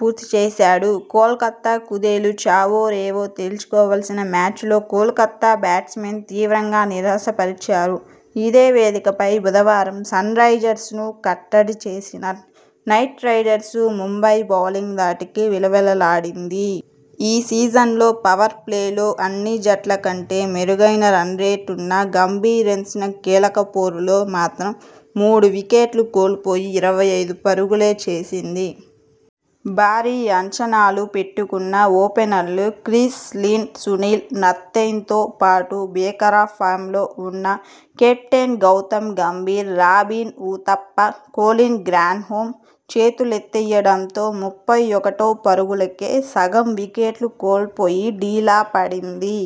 పూర్తి చేశాడు. కోల్కతా కుదేలు చావోరేవో తేల్చుకోవాల్సిన మ్యాచ్లో కోల్కతా బ్యాట్స్మెన్ తీవ్రంగా నిరాశ పరిచారు. ఇదే వేదికపై బుధవారం సన్రైజర్స్ను కట్టడి చేసిన నైట్రైడర్స్ ముంబై బౌలింగ్ ధాటికి విలవిల్లాడింది. ఈ సీజన్లో పవర్ప్లేలో అన్ని జట్ల కంటే మెరుగైన రన్రేట్ ఉన్న గంభీర్సేన కీలక పోరులో మాత్రం మూడు వికెట్లు కోల్పోయి ఇరవై ఐదు పరుగులే చేసింది. భారీ అంచనాలు పెట్టుకున్న ఓపెనర్లు క్రిస్ లిన్, సునీల్ నరైన్తో పాటు భీకర ఫామ్లో ఉన్న captain Gautam Gambhir, Robin Uthappa, Colin Grandhomme చేతులెత్తేయడంతో ముప్పై ఒకటి పరుగులకే సగం వికెట్లు కోల్పోయి డీలా పడింది.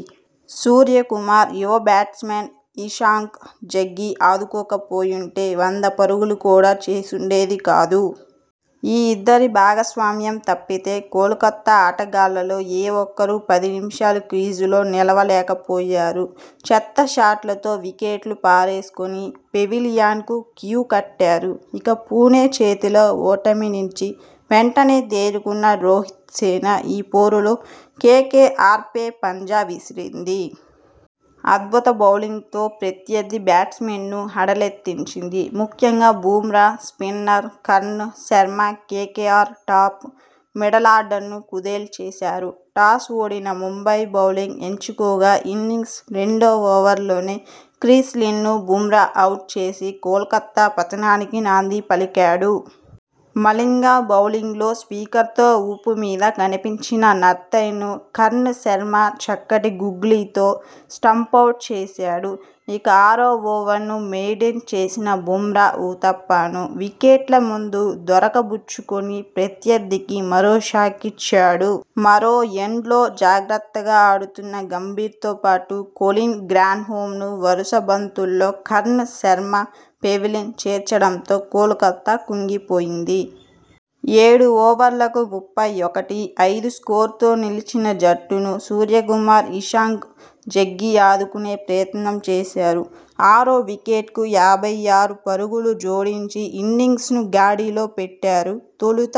సూర్యకుమార్, యువ బ్యాట్స్మన్ ఇషాంక్ జగ్గీ ఆదుకోకపోయుంటే వంద పరుగులు కూడా చేసుండేది కాదు. ఈ ఇద్దరి భాగస్వామ్యం తప్పితే కోల్కతా ఆటగాళ్లలో ఏ ఒక్కరూ పది నిమిషాలు క్రీజులో నిలువ లేకపోయారు. చెత్త షాట్లతో వికెట్లు పారేసుకొని పెవిలియన్కు క్యూ కట్టారు. ఇక, పుణె చేతిలో ఓటమి నుంచి వెంటనే తేరుకున్న రోహిత్సేన ఈ పోరులో కేకేఆర్పై పంజా విసిరింది. అద్భుత బౌలింగ్తో ప్రత్యర్థి బ్యాట్స్మెన్ను హడె లెత్తించింది. ముఖ్యంగా Bumrah, spinner Karn Sharma KKR top, మిడిలార్డర్ను కుదేలు చేశారు. టాస్ ఓడిన ముంబై బౌలింగ్ ఎంచుకోగా ఇన్నింగ్స్ రెండో ఓవర్లోనే క్రిస్ లిన్ ను బుమ్రా అవుట్ చేసి కోల్కతా పతనానికి నాంది పలికాడు. మలింగ బౌలింగ్లో సిక్సర్తో ఊపు మీద కనిపించిన నరైన్ ను కర్ణ్ శర్మ చక్కటి గూగ్లీతో స్టంపౌట్ చేశాడు. ఇక, ఆరో ఓవర్ను మెయిడెన్ చేసిన బుమ్రా ఊతప్ప ను వికెట్ల ముందు దొరక బుచ్చుకొని ప్రత్యర్థికి మరో షాకిచ్చాడు. మరో ఎండ్లో జాగ్రత్తగా ఆడుతున్న గంభీర్ తో పాటు కొలిన్ గ్రాండ్హోమ్ ను వరుస బంతుల్లో కర్ణ్ శర్మ పెవిలియన్ చేర్చడంతో కోల్కతా కుంగిపోయింది. ఏడు ఓవర్లకు ముప్పై ఒకటి, ఐదు స్కోరుతో నిలిచిన జట్టును సూర్యకుమార్, ఇషాంక్ జగ్గీ ఆదుకునే ప్రయత్నం చేశారు. ఆరో వికెట్కు యాభై ఆరు పరుగులు జోడించి ఇన్నింగ్స్ను గాడిలో పెట్టారు. తొలుత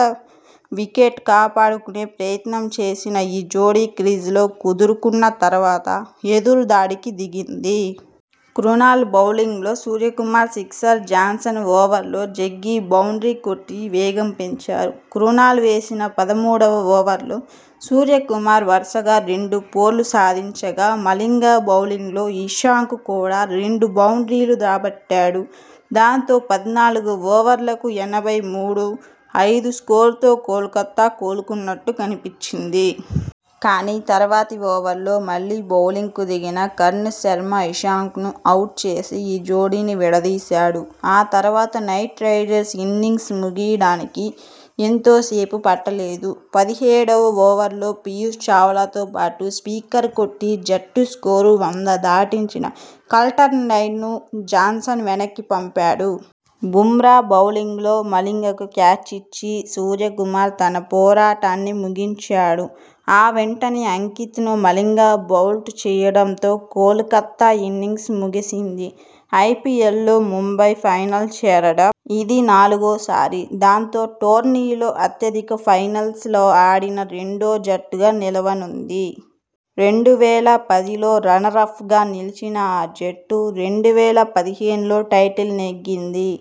వికెట్ కాపాడుకునే ప్రయత్నం చేసిన ఈ జోడీ క్రీజులో కుదురుకున్న తర్వాత ఎదురు దాడికి దిగింది. క్రునాల్ బౌలింగ్లో సూర్యకుమార్ సిక్సర్, జాన్సన్ ఓవర్లో జగ్గీ బౌండ్రీ కొట్టి వేగం పెంచారు. క్రునాల్ వేసిన పదమూడువ ఓవర్లో సూర్యకుమార్ వరుసగా రెండు ఫోర్లు సాధించగా మలింగ బౌలింగ్లో ఇషాంక్ కూడా రెండు బౌండ్రీలు రాబట్టాడు. దాంతో పద్నాలుగు ఓవర్లకు ఎనభై మూడు, ఐదు స్కోరుతో కోల్కతా కోలుకున్నట్టు కనిపించింది. కానీ, తర్వాతి ఓవర్లో మళ్లీ బౌలింగ్కు దిగిన కర్ణ్ శర్మ ఇషాంక్ను అవుట్ చేసి ఈ జోడీని విడదీశాడు. ఆ తర్వాత నైట్ రైడర్స్ ఇన్నింగ్స్ ముగియడానికి ఎంతో సేపు పట్టలేదు. పదిహేడువ ఓవర్లో పియూష్ చావ్లా తో పాటు సిక్సర్ కొట్టి జట్టు స్కోరు వంద దాటించిన కల్టర్నైల్ ను జాన్సన్ వెనక్కిపంపాడు. బుమ్రా బౌలింగ్లో మలింగకు క్యాచ్ ఇచ్చి సూర్యకుమార్ తన పోరాటాన్ని ముగించాడు. ఆ వెంటనే అంకిత్ ను మలింగ బౌల్డ్ చేయడంతో కోల్కతా ఇన్నింగ్స్ ముగిసింది. ఐపీఎల్లో ముంబై ఫైనల్ చేరడం ఇది నాలుగోసారి. దాంతో, టోర్నీలో అత్యధిక ఫైనల్స్ ఆడిన రెండో జట్టుగా నిలవనుంది. రెండు వేల పదిలో రన్నరప్గా నిలిచిన ఆ జట్టు, రెండు వేల పదిహేనులో టైటిల్ నెగ్గింది.